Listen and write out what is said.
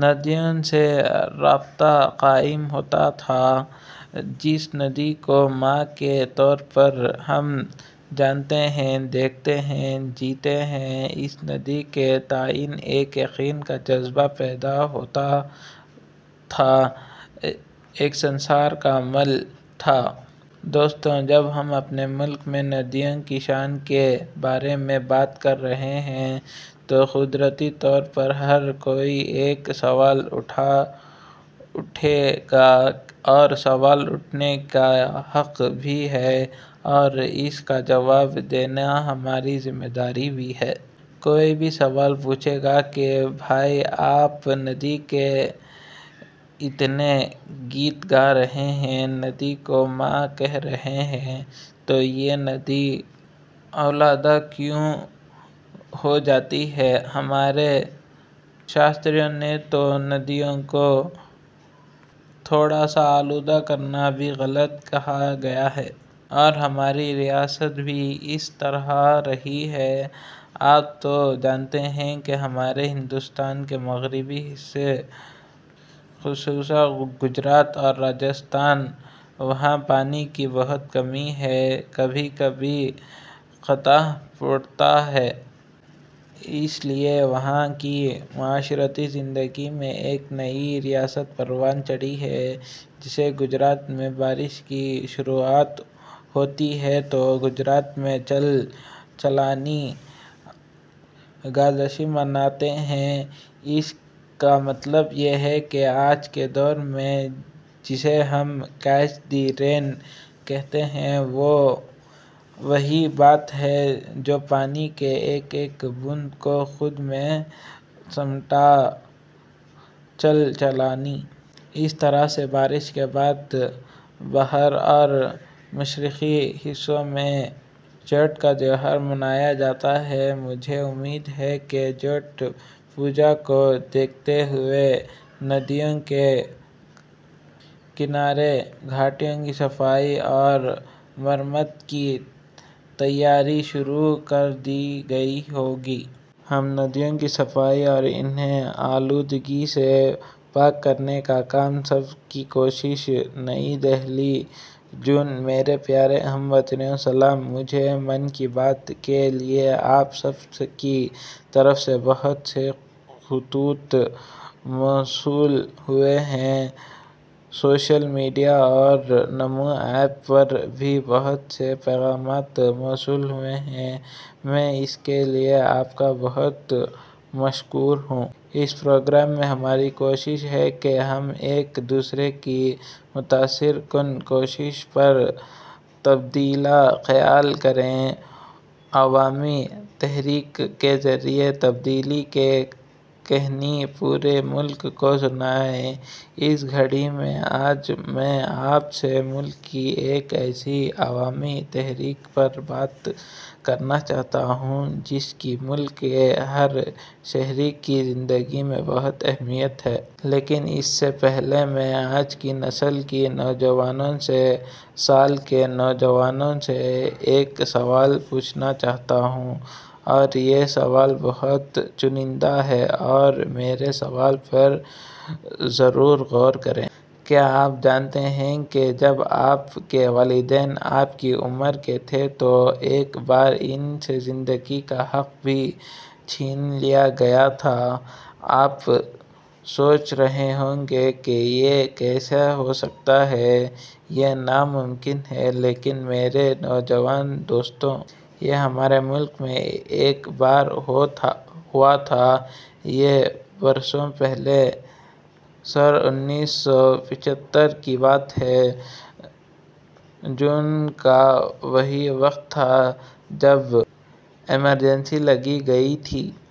ندیوں سے ربط قائم ہوتاتھا۔ جس ندی کو ماں کے طور پر ہم جانتے ہیں ، دیکھتے ہیں ، جیتے ہیں اس ندی کے تئیں ایک یقین کا جذبہ پیدا ہوتا تھا۔ ایک سنسکار کا عمل تھا۔ دوستو ، جب ہم اپنے ملک میں ندیوں کی شان کے بارے میں بات کر رہے ہیں تو قدرتی طور پر ہر کوئی ایک سوال اٹھائے گا اور سوال اٹھانے کا حق بھی ہے اور اس کا جواب دینا ہماری ذمہ داری بھی ہے۔ کوئی بھی سوال پوچھے گا کہ بھائی آپ ندی کے اتنے گیت گا رہے ہیں ، ندی کو ماں کہہ رہے ہیں ، تو یہ ندی آلودہ کیوں ہوجاتی ہے؟ ہمارے شاستروں میں تو ندیوں کو تھوڑا سا آلودہ کرنا بھی غلط کہا گیا ہے۔ اور ہماری روایات بھی اس طرح رہی ہیں ، آپ تو جانتے ہیں کہ ہمارے ہندوستان کا مغربی حصہ خصوصا گجرات اور راجستھان ، وہاں پانی کی بہت کمی ہے۔ کبھی کبھی قحط پڑتا ہے۔ اب اس لیے وہاں کی معاشرتی زندگی میں ایک نئی روایت پروان چڑھی ہے۔ جیسے گجرات میں بارش کی شروعات ہوتی ہے تو گجرات میں جل– جیلانی اکادشی مناتے ہیں۔ اس کا مطلب یہ ہے کہ آج کے دور میں ، جسے ہم 'کیچ دی رین' کہتے ہیں ،وہ وہی بات ہے جو پانی کے ایک ایک بوند کو خود میں سمیٹنا، جل – جیلانی۔ اسی طرح سے بارش کے بعد بہار اور مشرقی حصوں میں چھٹ کا تہوار منایا جاتا ہے۔ مجھے امید ہے کہ چھٹ پوجا کو دیکھتے ہوئے ندیوں کے کنارے ، گھاٹوں کی صفائی اور مرمت کی تیاری شروع کر دی گئی ہوگی۔ ہم ندیوں کی صفائی اور انہیں آلودگی سے پاک کرنے کا کام سب کی کوشش. نئی دہلی، /جون۔ میرے پیارے ہم وطنو، سلام۔ مجھے 'من کی بات' کے لیے آپ سب کی طرف سے بہت سے خطوط موصول ہوئے ہیں، سوشل میڈیا اور نمو ایپ پر بھی بہت سے پیغامات موصول ہوئے ہیں، میں اس کے لیے آپ کا بہت مشکور ہوں۔ اس پروگرام میں ہماری کوشش ہے کہ ہم ایک دوسرے کی متاثر کن کوششوں پر تبادلہ خیال کریں، عوامی تحریک کے ذریعے تبدیلی کی کہانی پورے ملک کو سنائیں۔ اس کڑی میں آج میں آپ سے ملک کی ایک ایسی عوامی تحریک پر بات کرنا چاہتا ہوں، جس کی ملک کے ہر شہری کی زندگی میں بہت اہمیت ہے۔ لیکن، اس سے پہلے، میں آج کی نسل کے نوجوانوں سے، - سال کے نوجوانوں سے ایک سوال پوچھنا چاہتا ہوں، اور یہ سوال بہت سنجیدہ ہے، اور میرے سوال پر ضرور غور کریں۔ کیا آپ جانتے ہیں کہ جب آپ کے والدین آپ کی عمر کے تھے تو ایک بار ان سے زندگی کا حق بھی چھین لیا گیا تھا! آپ سوچ رہے ہوں گے کہ یہ کیسے ہوسکتا ہے؟ یہ ناممکن ہے، لیکن میرے نوجوان دوستو! یہ ہمارے ملک میں ایک بار ہوا تھا۔ یہ برسوں پہلے سنہ انیس سو پچھتر کی بات ہے۔ جون کا وہی وقت تھا جب ایمرجنسی لگائی گئی تھی۔